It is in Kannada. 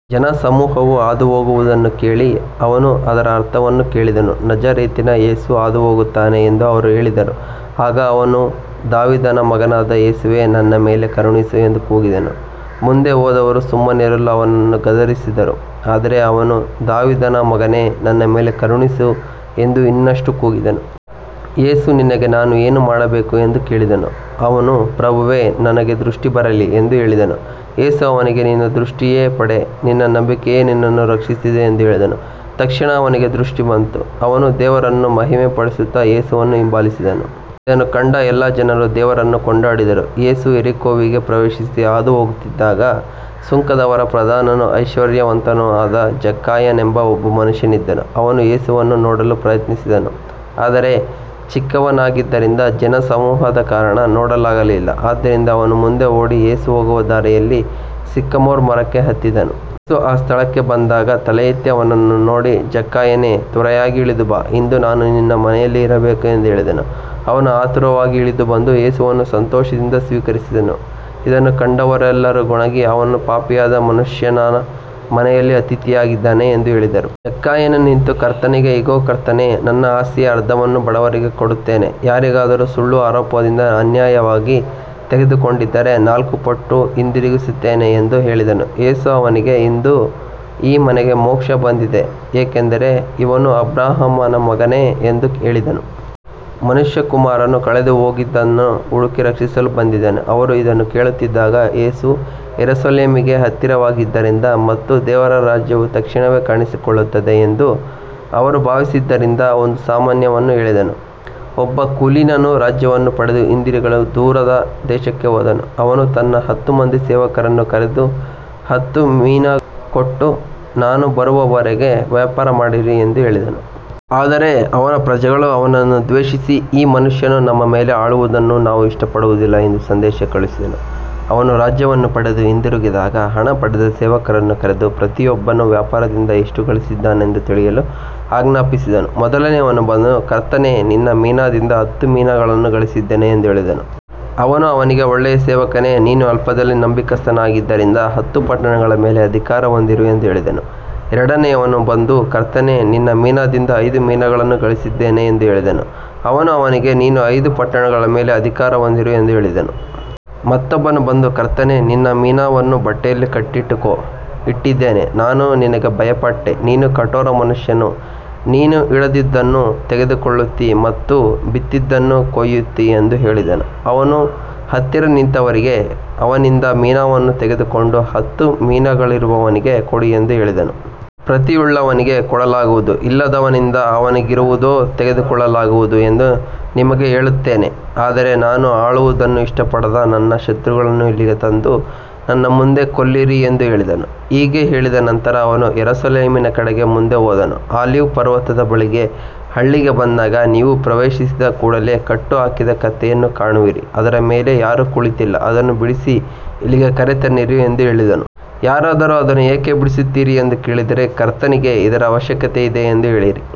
ಜನಸಮೂಹವು ಹಾದುಹೋಗುವುದನ್ನು ಕೇಳಿ ಅವನು ಅದರ ಅರ್ಥವನ್ನು ಕೇಳಿದನು. ನಜರೇತಿನ ಯೇಸು ಹಾದುಹೋಗುತ್ತಾನೆ ಎಂದು ಅವರು ಹೇಳಿದರು. ಆಗ ಅವನು ದಾವೀದನ ಮಗನಾದ ಯೇಸುವೇ, ನನ್ನ ಮೇಲೆ ಕರುಣಿಸು ಎಂದು ಕೂಗಿದನು. ಮುಂದೆ ಹೋದವರು ಸುಮ್ಮನಿರಲು ಅವನನ್ನು ಗದರಿಸಿದರು, ಆದರೆ ಅವನು ದಾವೀದನ ಮಗನೇ, ನನ್ನ ಮೇಲೆ ಕರುಣಿಸು ಎಂದು ಇನ್ನಷ್ಟು ಕೂಗಿದನು. ಯೇಸು ನಿನಗೆ ನಾನು ಏನು ಮಾಡಬೇಕು ಎಂದು ಕೇಳಿದನು. ಅವನು ಪ್ರಭುವೇ, ನನಗೆ ದೃಷ್ಟಿ ಬರಲಿ ಎಂದು ಹೇಳಿದನು. ಯೇಸು ಅವನಿಗೆ, ನಿನ್ನ ದೃಷ್ಟಿಯನ್ನು ಪಡೆ, ನಿನ್ನ ನಂಬಿಕೆಯು ನಿನ್ನನ್ನು ರಕ್ಷಿಸಿದೆ ಎಂದು ಹೇಳಿದನು. ತಕ್ಷಣ ಅವನಿಗೆ ದೃಷ್ಟಿ ಬಂತು, ಅವನು ದೇವರನ್ನು ಮಹಿಮೆಪಡಿಸುತ್ತಾ ಯೇಸುವನ್ನು ಹಿಂಬಾಲಿಸಿದನು. ಇದನ್ನು ಕಂಡ ಎಲ್ಲ ಜನರು ದೇವರನ್ನು ಕೊಂಡಾಡಿದರು. ಯೇಸು ಯೆರಿಕೋವಿಗೆ ಪ್ರವೇಶಿಸಿ ಹಾದುಹೋಗುತ್ತಿದ್ದಾಗ, ಸುಂಕದವರ ಪ್ರಧಾನನೂ ಐಶ್ವರ್ಯವಂತನೂ ಆದ ಜಕ್ಕಾಯನೆಂಬ ಒಬ್ಬ ಮನುಷ್ಯನಿದ್ದನು. ಅವನು ಯೇಸುವನ್ನು ನೋಡಲು ಪ್ರಯತ್ನಿಸಿದನು, ಆದರೆ ಚಿಕ್ಕವನಾಗಿದ್ದರಿಂದ ಜನಸಮೂಹದ ಕಾರಣ ನೋಡಲಾಗಲಿಲ್ಲ. ಆದ್ದರಿಂದ ಅವನು ಮುಂದೆ ಓಡಿ, ಯೇಸು ಹೋಗುವ ದಾರಿಯಲ್ಲಿದ್ದ ಸಿಕಮೋರ್ ಮರಕ್ಕೆ ಹತ್ತಿದನು. ಯೇಸು ಆ ಸ್ಥಳಕ್ಕೆ ಬಂದಾಗ ತಲೆಯೆತ್ತಿ ಅವನನ್ನು ನೋಡಿ, ಜಕ್ಕಾಯನೇ, ತ್ವರೆಯಾಗಿ ಇಳಿದು ಬಾ, ಇಂದು ನಾನು ನಿನ್ನ ಮನೆಯಲ್ಲಿ ಇರಬೇಕು ಎಂದು ಹೇಳಿದನು. ಅವನು ಆತುರವಾಗಿ ಇಳಿದು ಬಂದು ಯೇಸುವನ್ನು ಸಂತೋಷದಿಂದ ಸ್ವೀಕರಿಸಿದನು. ಇದನ್ನು ಕಂಡವರೆಲ್ಲರೂ ಗೊಣಗಿ, ಅವನು ಪಾಪಿಯಾದ ಮನುಷ್ಯನ ಮನೆಯಲ್ಲಿ ಅತಿಥಿಯಾಗಿದ್ದಾನೆ ಎಂದು ಹೇಳಿದರು. ಜಕ್ಕಾಯನು ನಿಂತು ಕರ್ತನಿಗೆ, ಇಗೋ ಕರ್ತನೇ, ನನ್ನ ಆಸ್ತಿಯ ಅರ್ಧವನ್ನು ಬಡವರಿಗೆ ಕೊಡುತ್ತೇನೆ. ಯಾರಿಗಾದರೂ ಸುಳ್ಳು ಆರೋಪದಿಂದ ಅನ್ಯಾಯವಾಗಿ ತೆಗೆದುಕೊಂಡಿದ್ದರೆ ನಾಲ್ಕು ಪಟ್ಟು ಹಿಂದಿರುಗಿಸುತ್ತೇನೆ ಎಂದು ಹೇಳಿದನು. ಯೇಸು ಅವನಿಗೆ, ಇಂದು ಈ ಮನೆಗೆ ಮೋಕ್ಷ ಬಂದಿದೆ, ಏಕೆಂದರೆ ಇವನೂ ಅಬ್ರಹಾಮನ ಮಗನೇ ಎಂದು ಹೇಳಿದನು. ಮನುಷ್ಯಕುಮಾರನು ಕಳೆದುಹೋದದ್ದನ್ನು ಹುಡುಕಿ ರಕ್ಷಿಸಲು ಬಂದಿದ್ದಾನೆ. ಅವರು ಇದನ್ನು ಕೇಳುತ್ತಿದ್ದಾಗ, ಯೇಸು ಯೆರೂಸಲೇಮಿಗೆ ಹತ್ತಿರವಾಗಿದ್ದರಿಂದ ಮತ್ತು ದೇವರ ರಾಜ್ಯವು ತಕ್ಷಣವೇ ಕಾಣಿಸಿಕೊಳ್ಳುತ್ತದೆ ಎಂದು ಅವರು ಭಾವಿಸಿದ್ದರಿಂದ ಒಂದು ಸಾಮ್ಯವನ್ನು ಹೇಳಿದನು. ಒಬ್ಬ ಕುಲೀನನು ರಾಜ್ಯವನ್ನು ಪಡೆದು ಹಿಂದಿರುಗಲು ದೂರದ ದೇಶಕ್ಕೆ ಹೋದನು. ಅವನು ತನ್ನ ಹತ್ತು ಮಂದಿ ಸೇವಕರನ್ನು ಕರೆದು ಹತ್ತು ಮಿನಾಗಳನ್ನು ಕೊಟ್ಟು, ನಾನು ಬರುವವರೆಗೆ ವ್ಯಾಪಾರ ಮಾಡಿರಿ ಎಂದು ಹೇಳಿದನು. ಆದರೆ ಅವನ ಪ್ರಜೆಗಳು ಅವನನ್ನು ದ್ವೇಷಿಸಿ, ಈ ಮನುಷ್ಯನು ನಮ್ಮ ಮೇಲೆ ಆಳುವುದನ್ನು ನಾವು ಇಷ್ಟಪಡುವುದಿಲ್ಲ ಎಂದು ಸಂದೇಶ ಕಳುಹಿಸಿದರು. ಅವನು ರಾಜ್ಯವನ್ನು ಪಡೆದು ಹಿಂದಿರುಗಿದಾಗ, ಹಣ ಪಡೆದ ಸೇವಕರನ್ನು ಕರೆದು ಪ್ರತಿಯೊಬ್ಬನು ವ್ಯಾಪಾರದಿಂದ ಎಷ್ಟು ಗಳಿಸಿದ್ದಾನೆಂದು ತಿಳಿಯಲು ಆಜ್ಞಾಪಿಸಿದನು. ಮೊದಲನೆಯವನು ಬಂದು, ಕರ್ತನೇ, ನಿನ್ನ ಮಿನಾದಿಂದ ಹತ್ತು ಮಿನಾಗಳು ಗಳಿಸಿದ್ದೇನೆ ಎಂದು ಹೇಳಿದನು. ಅವನು ಅವನಿಗೆ, ಒಳ್ಳೆಯ ಸೇವಕನೇ, ನೀನು ಅಲ್ಪದಲ್ಲಿ ನಂಬಿಗಸ್ತನಾಗಿದ್ದರಿಂದ ಹತ್ತು ಪಟ್ಟಣಗಳ ಮೇಲೆ ಅಧಿಕಾರ ಹೊಂದಿರು ಎಂದು ಹೇಳಿದನು. ಎರಡನೆಯವನು ಬಂದು, ಕರ್ತನೇ, ನಿನ್ನ ಮಿನಾದಿಂದ ಐದು ಮಿನಾಗಳು ಗಳಿಸಿದ್ದೇನೆ ಎಂದು ಹೇಳಿದನು. ಅವನು ಅವನಿಗೆ, ನೀನು ಐದು ಪಟ್ಟಣಗಳ ಮೇಲೆ ಅಧಿಕಾರ ಹೊಂದಿರು ಎಂದು ಹೇಳಿದನು. ಮತ್ತೊಬ್ಬನು ಬಂದು, ಕರ್ತನೇ, ನಿನ್ನ ಮಿನಾವನ್ನು ಬಟ್ಟೆಯಲ್ಲಿ ಕಟ್ಟಿಟ್ಟು ಇಟ್ಟಿದ್ದೇನೆ. ನಾನು ನಿನಗೆ ಭಯಪಟ್ಟೆ, ನೀನು ಕಠೋರ ಮನುಷ್ಯನು, ನೀನು ಇಡದದ್ದನ್ನು ತೆಗೆದುಕೊಳ್ಳುತ್ತೀ ಮತ್ತು ಬಿತ್ತದದ್ದನ್ನು ಕೊಯ್ಯುತ್ತೀ ಎಂದು ಹೇಳಿದನು. ಅವನು ಹತ್ತಿರ ನಿಂತವರಿಗೆ, ಅವನಿಂದ ಮಿನಾವನ್ನು ತೆಗೆದುಕೊಂಡು ಹತ್ತು ಮಿನಾಗಳಿರುವವನಿಗೆ ಕೊಡಿ ಎಂದು ಹೇಳಿದನು. ಪ್ರತಿಯುಳ್ಳವನಿಗೆ ಕೊಡಲಾಗುವುದು, ಇಲ್ಲದವನಿಂದ ಅವನಿಗಿರುವುದೂ ತೆಗೆದುಕೊಳ್ಳಲಾಗುವುದು ಎಂದು ನಿಮಗೆ ಹೇಳುತ್ತೇನೆ. ಆದರೆ ನಾನು ಆಳುವುದನ್ನು ಇಷ್ಟಪಡದ ನನ್ನ ಶತ್ರುಗಳನ್ನು ಇಲ್ಲಿಗೆ ತಂದು ನನ್ನ ಮುಂದೆ ಕೊಲ್ಲಿರಿ ಎಂದು ಹೇಳಿದನು. ಹೀಗೆ ಹೇಳಿದ ನಂತರ ಅವನು ಯೆರೂಸಲೇಮಿನ ಕಡೆಗೆ ಮುಂದೆ ಹೋದನು. ಆಲಿವ್ ಪರ್ವತದ ಬಳಿಯ ಹಳ್ಳಿಗೆ ಬಂದಾಗ, ನೀವು ಪ್ರವೇಶಿಸಿದ ಕೂಡಲೇ ಕಟ್ಟಿಹಾಕಿದ ಕತ್ತೆಯನ್ನು ಕಾಣುವಿರಿ, ಅದರ ಮೇಲೆ ಯಾರೂ ಕುಳಿತಿಲ್ಲ, ಅದನ್ನು ಬಿಡಿಸಿ ಇಲ್ಲಿಗೆ ಕರೆತನ್ನಿರಿ ಎಂದು ಹೇಳಿದನು. ಯಾರಾದರೂ, ಅದನ್ನು ಏಕೆ ಬಿಡಿಸುತ್ತೀರಿ ಎಂದು ಕೇಳಿದರೆ, ಕರ್ತನಿಗೆ ಇದರ ಅವಶ್ಯಕತೆಯಿದೆ ಎಂದು ಹೇಳಿರಿ.